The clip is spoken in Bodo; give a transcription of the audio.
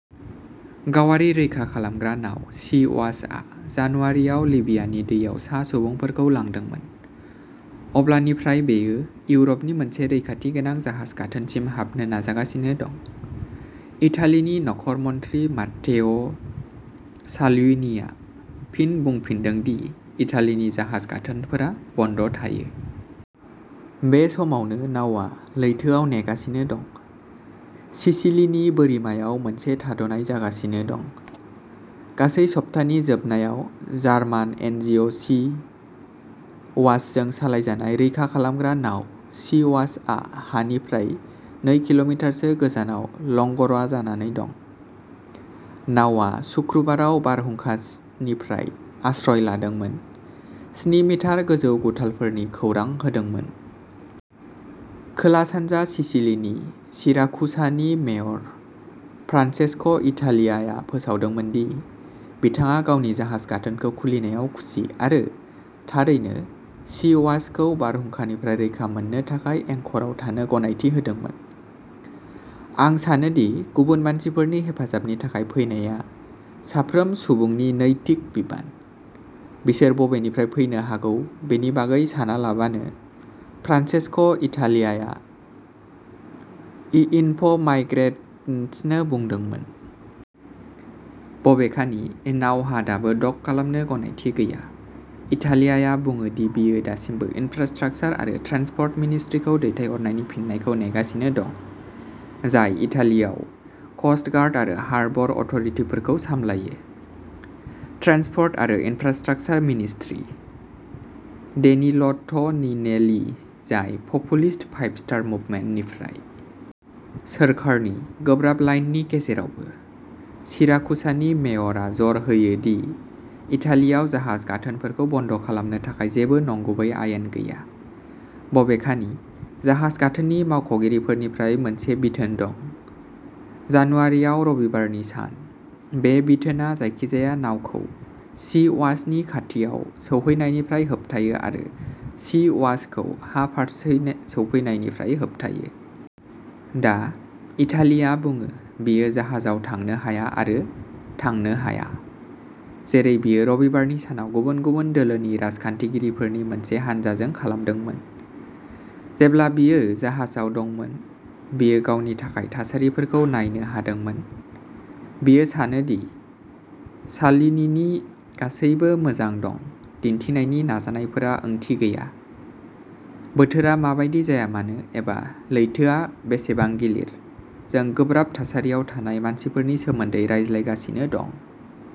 गावारि रैखा खालामग्रा नाव "सी वाच " आ जानुवारिआव लिबियानि दैयाव सा सुबुंफोरखौ लांदोंमोन। अब्लानिफ्राय, बेयो इउर'पनि मोनसे रैखाथि गोनां जाहाज गाथोनसिम हाबनो नाजागासिनो दं। इटालिनि नखर मन्थ्रि मात्तेअ साल्विनीआ फिन बुंफिनदों दि इटालिनि जाहाज गाथोनफोरा बन्द'थायो। बे समावनो, नावआ लैथोआव नेगासिनो दं। सिसिलीनि बोरिमायाव मोनसे थाद'नाय जागासिनो दं। गासै सप्तानि जोबनायाव, जार्मान एनजिअ'सी वाचजों सालायजानाय रैखा खालामग्रा नाव सी वाच आ हानिफ्राय नै किल'मिटारसो गोजानाव लंग'रा जानानै दं। नावआ सुक्रुबाराव बारहुंखानिफ्राय आश्रय लादोंमोन, स्नि मिटार गोजौ गुथालफोरनि खौरां होदोंमोन। खोला-सानजा सिसिलीनि सिराकुसानि मेयर, फ्रान्सेस्क'इटालियाआ फोसावदोंमोन दि बिथाङा गावनि जाहाज गाथोनखौ खुलिनायाव खुसि आरो थारैनो सी वाच खौ बारहुंखानिफ्राय रैखा मोननो थाखाय एंकरआव थानो गनायथि होदोंमोन। "आं सानो दि गुबुन मानसिफोरनि हेफाजाबनि थाखाय फैनाया साफ्रोम सुबुंनि नैतिक बिबान, बिसोर बबेनिफ्राय फैनो हागौ बेनि बागै सानालाबानो", फ्रान्सेस्क'इटालियाआ इनफ'माइग्रेन्ट्सनो बुंदोंमोन। बबेखानि, नावहा दाबो डक खालामनो गनायथि गैया। इटालियाआ बुङो दि बियो दासिमबो इन्फ्रास्ट्राकचार आरो ट्रेन्सपर्ट मिनिस्ट्रिखौ दैथायहरनायनि फिननायखौ नेगासिनो दं, जाय इटालियाव क'स्ट गार्ड आरो हार्बर अथ'रिटिफोरखौ सामलायो। ट्रेन्सपर्ट आरो इन्फ्रास्ट्राकचार मिनिस्ट्रि डेनिल'ट'निनेलि, जाय पपुलिस्ट फाइभ स्टार मुभमेन्ट निफ्राय। सोरखारनि गोब्राब लाइननि गेजेरावबो, सिराकुसानि मेयरआ जर होयो दि इटालियाव जाहाज गाथोनफोरखौ बन्द खालामनो थाखाय जेबो नंगुबै आयेन गैया। बबेखानि, जाहाज गाथोननि मावख'गिरिफोरनिफ्राय मोनसे बिथोन दं। जानुवारियाव रबिबारनि सान। बे बिथोनआ जायखिजाया नावखौ सी वाचनि खाथियाव सौहैनायनिफ्राय होबथायो आरो सी वाचखौ हा फारसे सौफैनायनिफ्राय होबथायो। दा, इटालिया बुङो, बियो जाहाजाव थांनो हाया आरो थांनो हाया, जेरै बियो रबिबारनि सानाव गुबुन गुबुन दोलोनि राजखान्थिगिरिफोरनि मोनसे हानजाजों खालामदोंमोन। जेब्ला बियो जाहाजाव दंमोन, बियो गावनि थाखाय थासारिफोरखौ नायनो हादोंमोन। बियो सानो दि साल्विनीनि गासैबो मोजां दं दिन्थिनायनि नाजानायफोरा ओंथि गैयाः "बोथोरा माबायदि जाया मानो, एबा लैथोआ बेसेबां गिलिर, जों गोब्राब थासारियाव थानाय मानसिफोरनि सोमोन्दै रायलायगासिनो दं।